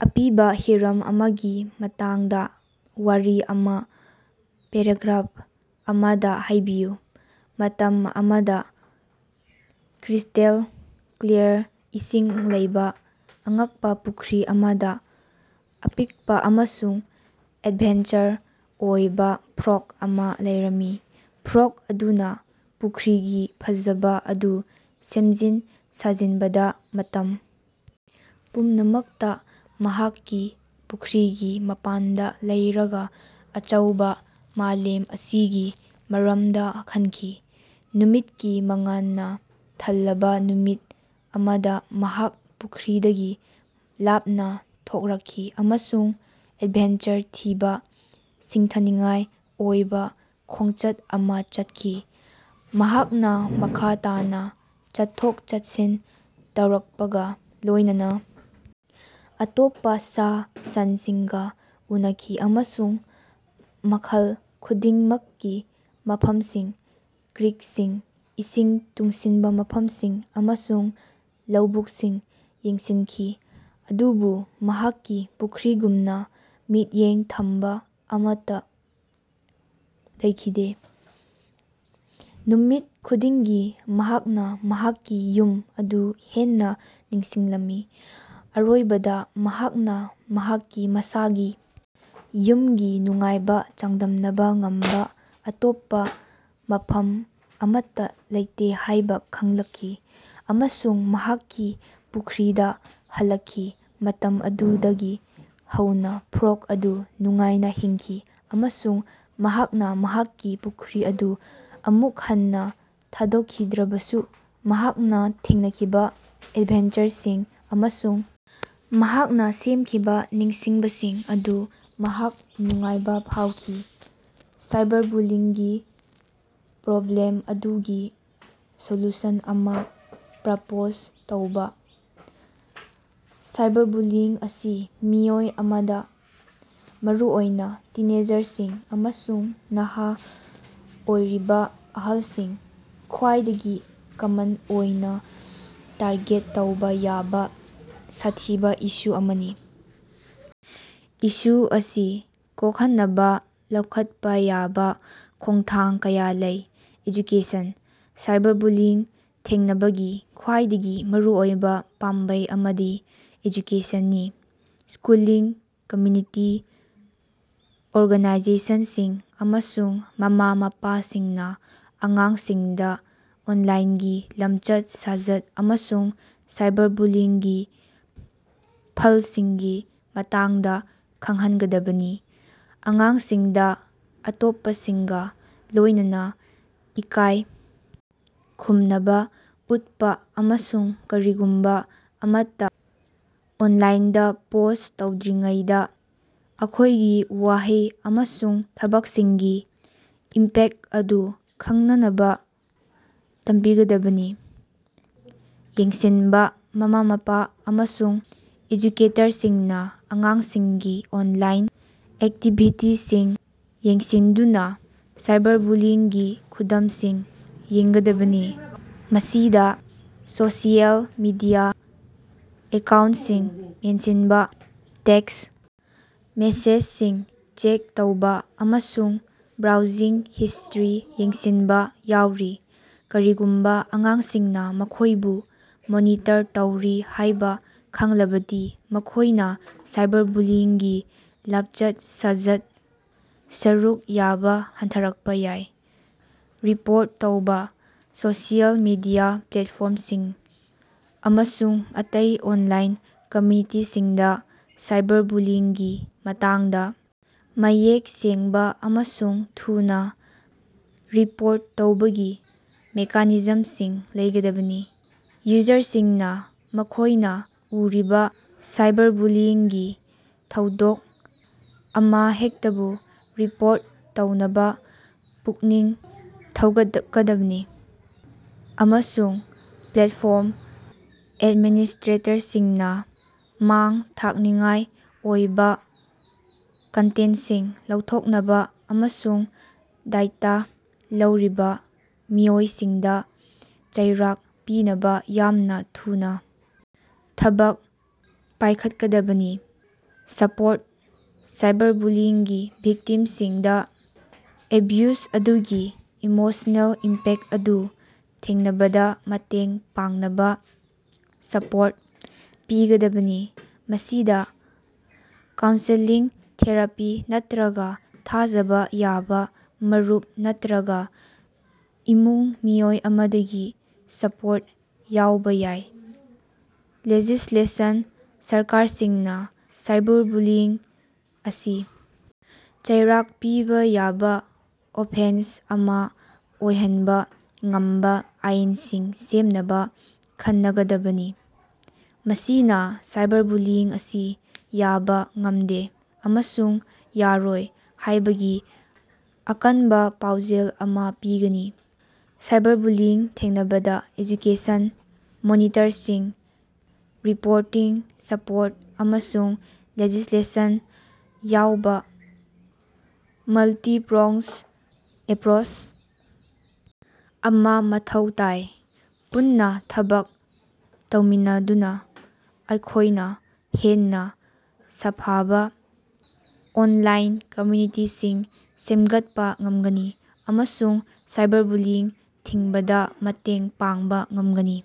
ꯑꯄꯤꯕꯥ ꯍꯤꯔꯝ ꯑꯃꯒꯤ ꯃꯇꯥꯡꯗ ꯋꯥꯔꯤ ꯑꯃ ꯄꯦꯔꯥꯒ꯭ꯔꯥꯐ ꯑꯃꯗ ꯍꯥꯏꯕꯤꯌꯨ꯫ ꯃꯇꯝ ꯑꯃꯗ ꯀ꯭ꯔꯤꯁ꯭ꯇꯦꯜ ꯀ꯭ꯂꯤꯌꯥꯔ ꯏꯁꯤꯡ ꯂꯩꯕꯥ ꯑꯉꯛꯄ ꯄꯨꯈ꯭ꯔꯤ ꯑꯃꯗ ꯑꯄꯤꯛꯄ ꯑꯃꯁꯨꯡ ꯑꯦꯗꯚꯦꯟꯆꯔ ꯑꯣꯏꯕ ꯐ꯭ꯔꯣꯛ ꯑꯃ ꯂꯩꯔꯝꯃꯤ꯫ ꯐ꯭ꯔꯣꯛ ꯑꯗꯨꯅ ꯄꯨꯈ꯭ꯔꯤꯒꯤ ꯐꯖꯕ ꯑꯗꯨ ꯁꯦꯝꯖꯤꯟ ꯁꯥꯖꯤꯟꯕꯗ, ꯃꯇꯝ ꯄꯨꯝꯅꯃꯛꯇ ꯃꯍꯥꯛꯀꯤ ꯄꯨꯈ꯭ꯔꯤꯒꯤ ꯃꯄꯥꯟꯗ ꯂꯩꯔꯒ ꯑꯆꯧꯕ ꯃꯥꯂꯦꯝ ꯑꯁꯤꯒꯤ ꯃꯔꯝꯗ ꯈꯟꯈꯤ꯫ ꯅꯨꯃꯤꯠꯀꯤ ꯃꯉꯥꯜꯅ ꯊꯜꯂꯕ ꯅꯨꯃꯤꯠ ꯑꯃꯗ ꯃꯍꯥꯛ ꯄꯨꯈ꯭ꯔꯤꯗꯒꯤ ꯂꯥꯞꯅ ꯊꯣꯔꯛꯈꯤ ꯑꯃꯁꯨꯡ ꯑꯦꯗꯚꯦꯟꯆꯔ ꯊꯤꯕ ꯁꯤꯡꯊꯥꯅꯤꯡꯉꯥꯏ ꯑꯣꯏꯕ ꯈꯣꯡꯆꯠ ꯑꯃ ꯆꯠꯈꯤ꯫ ꯃꯍꯥꯛꯅ ꯃꯈꯥ ꯇꯥꯅ ꯆꯠꯊꯣꯛ-ꯆꯠꯁꯤꯟ ꯇꯧꯔꯛꯄꯒ ꯂꯣꯢꯅꯅ ꯑꯇꯣꯞꯄꯥ ꯁꯥ-ꯁꯟꯁꯤꯡꯒ ꯎꯅꯈꯤ ꯑꯃꯁꯨꯡ ꯃꯈꯜ ꯈꯨꯗꯤꯡꯃꯛꯀꯤ ꯃꯐꯝꯁꯤꯡ, ꯀ꯭ꯔꯤꯛꯁꯤꯡ, ꯏꯁꯤꯡ ꯇꯨꯡꯁꯤꯟꯕ ꯃꯐꯝꯁꯤꯡ ꯑꯃꯁꯨꯡ ꯂꯧꯕꯨꯛꯁꯤꯡ ꯌꯦꯡꯁꯤꯟꯈꯤ, ꯑꯗꯨꯕꯨ ꯃꯍꯥꯛꯀꯤ ꯄꯨꯈ꯭ꯔꯤꯒꯨꯝꯅ ꯃꯤꯠꯌꯦꯡ ꯊꯝꯕ ꯑꯃꯠꯇ ꯂꯩꯈꯤꯗꯦ꯫ ꯅꯨꯃꯤꯠ ꯈꯨꯗꯤꯡꯒꯤ ꯃꯍꯥꯛꯅ ꯃꯍꯥꯛꯀꯤ ꯌꯨꯝ ꯑꯗꯨ ꯍꯦꯟꯅ ꯅꯤꯡꯁꯤꯡꯂꯝꯃꯤ꯫ ꯑꯔꯣꯏꯕꯗꯥ ꯃꯍꯥꯛꯅ ꯃꯍꯥꯛꯀꯤ ꯃꯁꯥꯒꯤ ꯌꯨꯝꯒꯤ ꯅꯨꯡꯉꯥꯏꯕꯒ ꯆꯥꯡꯗꯝꯅꯕ ꯉꯝꯕ ꯑꯇꯣꯞꯄ ꯃꯐꯝ ꯑꯃꯠꯇ ꯂꯩꯇꯦ ꯍꯥꯏꯕ ꯈꯪꯂꯛꯈꯤ, ꯑꯃꯁꯨꯡ ꯃꯍꯥꯛꯀꯤ ꯄꯨꯈ꯭ꯔꯤꯗ ꯍꯜꯂꯛꯈꯤ꯫ ꯃꯇꯝ ꯑꯗꯨꯗꯒꯤ ꯍꯧꯅꯥ ꯐ꯭ꯔꯣꯛ ꯑꯗꯨ ꯅꯨꯡꯉꯥꯏꯅ ꯍꯤꯡꯈꯤ ꯑꯃꯁꯨꯡ ꯃꯍꯥꯛꯅ ꯃꯍꯥꯛꯀꯤ ꯄꯨꯈ꯭ꯔꯤ ꯑꯗꯨ ꯑꯃꯨꯛ ꯍꯟꯅ ꯊꯥꯗꯣꯛꯈꯤꯗ꯭ꯔꯕꯁꯨ ꯃꯍꯥꯛꯅ ꯊꯦꯡꯅꯈꯤꯕꯥ ꯑꯦꯗꯚꯦꯟꯆꯔꯁꯤꯡ ꯑꯃꯁꯨꯡ ꯃꯍꯥꯛꯅ ꯁꯦꯝꯈꯤꯕ ꯅꯤꯡꯁꯤꯡꯕꯁꯤꯡ ꯑꯗꯨꯗ ꯃꯍꯥꯛ ꯅꯨꯡꯉꯥꯏꯕ ꯐꯥꯎꯈꯤ꯫ ꯁꯥꯏꯕꯔꯕꯨꯂꯤꯡꯒꯤ ꯄ꯭ꯔꯣꯕ꯭ꯂꯦꯝ ꯑꯗꯨꯒꯤ ꯁꯣꯂꯨꯁꯟ ꯑꯃ ꯄ꯭ꯔꯄꯣꯖ ꯇꯧꯕ꯫ ꯁꯥꯏꯕꯔꯕꯨꯂꯤꯡ ꯑꯁꯤ ꯃꯤꯑꯣꯏ ꯑꯃꯗ, ꯃꯔꯨꯑꯣꯢꯅ ꯇꯤꯟꯑꯦꯖꯔꯁꯤꯡ ꯑꯃꯁꯨꯡ ꯅꯍꯥ ꯑꯣꯏꯔꯤꯕ ꯑꯍꯜꯁꯤꯡꯗ, ꯈ꯭ꯋꯥꯏꯗꯒꯤ ꯀꯃꯟ ꯑꯣꯏꯅ ꯇꯥꯔꯒꯦꯠ ꯇꯧꯕ ꯌꯥꯕ ꯁꯥꯊꯤꯕ ꯏꯁꯨ ꯑꯃꯅꯤ꯫ ꯏꯁꯨ ꯑꯁꯤ ꯀꯣꯛꯍꯟꯅꯕ ꯂꯧꯈꯠꯄ ꯌꯥꯕ ꯈꯣꯡꯊꯥꯡ ꯀꯌꯥ ꯂꯩ: ꯑꯦꯖꯨꯀꯦꯁꯟ: ꯁꯥꯏꯕꯔꯕꯨꯂꯤꯡ ꯊꯦꯡꯅꯕꯒꯤ ꯈ꯭ꯋꯥꯏꯗꯒꯤ ꯃꯔꯨꯑꯣꯏꯕ ꯄꯥꯝꯕꯩ ꯑꯃꯗꯤ ꯑꯦꯖꯨꯀꯦꯁꯟꯅꯤ꯫ ꯁ꯭ꯀꯨꯜꯁꯤꯡ, ꯀꯝꯃꯨꯅꯤꯇꯤ ꯑꯣꯔꯒꯥꯅꯥꯏꯖꯦꯁꯟꯁꯤꯡ ꯑꯃꯁꯨꯡ ꯃꯃꯥ-ꯃꯄꯥꯁꯤꯡꯅ ꯑꯉꯥꯡꯁꯤꯡꯗ ꯑꯣꯟꯂꯥꯏꯟꯒꯤ ꯂꯝꯆꯠ-ꯁꯥꯖꯠ ꯑꯃꯁꯨꯡ ꯁꯥꯏꯕꯔꯕꯨꯂꯤꯡꯒꯤ ꯐꯜꯁꯤꯡꯒꯤ ꯃꯇꯥꯡꯗ ꯈꯪꯍꯟꯒꯗꯕꯅꯤ꯫ ꯑꯉꯥꯡꯁꯤꯡꯗ ꯑꯇꯣꯞꯄꯁꯤꯡꯒ ꯂꯣꯢꯅꯅ ꯏꯀꯥꯏ ꯈꯨꯝꯅꯕꯥ ꯎꯠꯄ ꯑꯃꯁꯨꯡ ꯀꯔꯤꯒꯨꯝꯕ ꯑꯃꯠꯇ ꯑꯣꯅꯂꯥꯏꯟꯗ ꯄꯣꯁ꯭ꯠ ꯇꯧꯗ꯭ꯔꯤꯉꯩꯗꯥ ꯃꯈꯣꯏꯒꯤ ꯋꯥꯍꯩ ꯑꯃꯁꯨꯡ ꯊꯕꯛꯁꯤꯡꯒꯤ ꯏꯝꯄꯦꯛ ꯑꯗꯨ ꯈꯟꯅꯅꯕ ꯇꯝꯕꯤꯒꯗꯕꯅꯤ꯫ ꯌꯦꯡꯁꯤꯟꯕꯥ: ꯃꯃꯥ-ꯃꯄꯥ ꯑꯃꯁꯨꯡ ꯑꯦꯖꯨꯀꯦꯇꯔꯁꯤꯡꯅ ꯑꯉꯥꯡꯁꯤꯡꯒꯤ ꯑꯣꯟꯂꯥꯏꯟ ꯑꯦꯛꯇꯤꯚꯤꯇꯤꯁꯤꯡ ꯌꯦꯡꯁꯤꯟꯗꯨꯅꯥ ꯁꯥꯏꯕꯔꯕꯨꯂꯤꯡꯒꯤ ꯈꯨꯗꯝꯁꯤꯡ ꯌꯦꯡꯒꯗꯕꯅꯤ꯫ ꯃꯁꯤꯗ ꯁꯣꯁꯤꯑꯦꯜ ꯃꯤꯗꯤꯌꯥ ꯑꯦꯀꯥꯎꯟꯁꯤꯡ ꯌꯦꯡꯁꯤꯟꯕꯥ, ꯇꯦꯛꯁ ꯃꯦꯁꯦꯖꯁꯤꯡ ꯆꯦꯛ ꯇꯧꯕ, ꯑꯃꯁꯨꯡ ꯕ꯭ꯔꯥꯎꯖꯤꯡ ꯍꯤꯁꯇ꯭ꯔꯤ ꯌꯦꯡꯁꯤꯟꯕꯥ ꯌꯥꯎꯔꯤ꯫ ꯀꯔꯤꯒꯨꯝꯕꯥ ꯑꯉꯥꯡꯁꯤꯡꯅ ꯃꯈꯣꯏꯕꯨ ꯃꯣꯅꯤꯇꯔ ꯇꯧꯔꯤ ꯍꯥꯏꯕ ꯈꯪꯂꯕꯗꯤ, ꯃꯈꯣꯏꯅ ꯁꯥꯏꯕꯔꯕꯨꯂꯤꯡꯒꯤ ꯂꯞꯆꯠ-ꯁꯥꯖꯠꯇ ꯁꯔꯨꯛ ꯌꯥꯕ ꯍꯟꯊꯔꯛꯄ ꯌꯥꯏ꯫ ꯔꯤꯄꯣꯔꯠ ꯇꯧꯕ: ꯁꯣꯁꯤꯑꯦꯜ ꯃꯤꯗꯤꯌꯥ ꯄ꯭ꯂꯦꯠꯐꯣꯔꯝꯁꯤꯡ ꯑꯃꯁꯨꯡ ꯑꯇꯩ ꯑꯣꯟꯂꯥꯏꯟ ꯀꯝꯃꯨꯅꯤꯇꯤꯁꯤꯡꯗ ꯁꯥꯏꯕꯔꯕꯨꯂꯤꯡꯒꯤ ꯃꯇꯥꯡꯗ ꯃꯌꯦꯛ ꯁꯦꯡꯕ ꯑꯃꯁꯨꯡ ꯊꯨꯅꯥ ꯔꯤꯄꯣꯔꯠ ꯇꯧꯕꯒꯤ ꯃꯦꯀꯥꯅꯤꯖꯝꯁꯤꯡ ꯂꯩꯒꯗꯕꯅꯤ꯫ ꯌꯨꯖꯔꯁꯤꯡꯅ ꯃꯈꯣꯢꯅ ꯎꯔꯤꯕ ꯁꯥꯏꯕꯔꯕꯨꯂꯤꯡꯒꯤ ꯊꯧꯗꯣꯛ ꯑꯃꯍꯦꯛꯇꯕꯨ ꯔꯤꯄꯣꯔꯠ ꯇꯧꯅꯕ ꯄꯨꯛꯅꯤꯡ ꯊꯧꯒꯠꯀꯗꯕꯅꯤ, ꯑꯃꯁꯨꯡ ꯄ꯭ꯂꯦꯠꯐꯣꯔꯝ ꯑꯦꯗꯃꯤꯅꯤꯁꯇ꯭ꯔꯦꯇꯔꯁꯤꯡꯅ ꯃꯥꯡ-ꯇꯥꯛꯅꯤꯡꯉꯥꯏ ꯑꯣꯏꯕ ꯀꯟꯇꯦꯟꯁꯤꯡ ꯂꯧꯊꯣꯛꯅꯕ ꯑꯃꯁꯨꯡ ꯗꯥꯏꯇꯥ ꯂꯧꯔꯤꯕ ꯃꯤꯑꯣꯏꯁꯤꯡꯗ ꯆꯩꯔꯥꯛ ꯄꯤꯅꯕꯥ ꯌꯥꯝꯅ ꯊꯨꯅꯥ ꯊꯕꯛ ꯄꯥꯢꯈꯠꯀꯗꯕꯅꯤ꯫ ꯁꯄꯣꯔꯠ: ꯁꯥꯏꯕꯔꯕꯨꯂꯤꯡꯒꯤ ꯚꯤꯛꯇꯤꯝꯁꯤꯡꯗ ꯑꯦꯕ꯭ꯌꯨꯖ ꯑꯗꯨꯒꯤ ꯏꯃꯣꯁꯅꯦꯜ ꯏꯝꯄꯦꯛ ꯑꯗꯨ ꯊꯦꯡꯅꯕꯗ ꯃꯇꯦꯡ ꯄꯥꯡꯅꯕ ꯁꯄꯣꯔꯠ ꯄꯤꯒꯗꯕꯅꯤ꯫ ꯃꯁꯤꯗ ꯀꯥꯎꯟꯁꯦꯂꯤꯡ, ꯊꯦꯔꯥꯄꯤ ꯅꯠꯇ꯭ꯔꯒ ꯊꯥꯖꯕ ꯌꯥꯕ ꯃꯔꯨꯞ ꯅꯠꯇ꯭ꯔꯒ ꯏꯃꯨꯡꯒꯤ ꯃꯤꯑꯣꯏ ꯑꯃꯗꯒꯤ ꯁꯄꯣꯔꯠ ꯌꯥꯎꯕ ꯌꯥꯏ꯫ ꯂꯦꯖꯤꯁ꯭ꯂꯦꯁꯟ: ꯁꯔꯀꯥꯔꯁꯤꯡꯅ ꯁꯥꯏꯕꯔꯕꯨꯂꯤꯡ ꯑꯁꯤ ꯆꯩꯔꯥꯛ ꯄꯤꯕ ꯌꯥꯕ ꯑꯣꯐꯦꯟꯁ ꯑꯃ ꯑꯣꯏꯍꯟꯕ ꯉꯝꯕ ꯑꯥꯏꯟꯁꯤꯡ ꯁꯦꯝꯅꯕ ꯈꯟꯅꯒꯗꯕꯅꯤ꯫ ꯃꯁꯤꯅ ꯁꯥꯏꯕꯔꯕꯨꯂꯤꯡ ꯑꯁꯤ ꯌꯥꯕ ꯉꯝꯗꯦ ꯑꯃꯁꯨꯡ ꯌꯥꯔꯣꯏ ꯍꯥꯏꯕꯒꯤ ꯑꯀꯟꯕꯥ ꯄꯥꯎꯖꯦꯜ ꯑꯃ ꯄꯤꯒꯅꯤ꯫ ꯁꯥꯏꯕꯔꯕꯨꯂꯤꯡ ꯊꯦꯡꯅꯕꯗꯥ ꯑꯦꯖꯨꯀꯦꯁꯟ, ꯃꯣꯅꯤꯇꯔꯤꯡ, ꯔꯤꯄꯣꯔꯇꯤꯡ, ꯁꯄꯣꯔꯠ ꯑꯃꯁꯨꯡ ꯂꯦꯖꯤꯁꯂꯦꯁꯟ ꯌꯥꯎꯕ ꯃꯜꯇꯤ-ꯄ꯭ꯔꯣꯡꯖ ꯑꯦꯄ꯭ꯔꯣꯁ ꯑꯃ ꯃꯊꯧ ꯇꯥꯏ꯫ ꯄꯨꯟꯅꯥ ꯊꯕꯛ ꯇꯧꯃꯤꯟꯅꯗꯨꯅ ꯑꯩꯈꯣꯏꯅ ꯍꯦꯟꯅ ꯁꯥꯐꯕ ꯑꯣꯅꯂꯥꯏꯟ ꯀꯝꯃꯨꯅꯤꯇꯤꯁꯤꯡ ꯁꯦꯝꯒꯠꯄ ꯉꯝꯒꯅꯤ ꯑꯃꯁꯨꯡ ꯁꯥꯏꯕꯔꯕꯨꯂꯤꯡ ꯊꯤꯡꯕꯗꯥ ꯃꯇꯦꯡ ꯄꯥꯡꯕ ꯉꯝꯒꯅꯤ꯫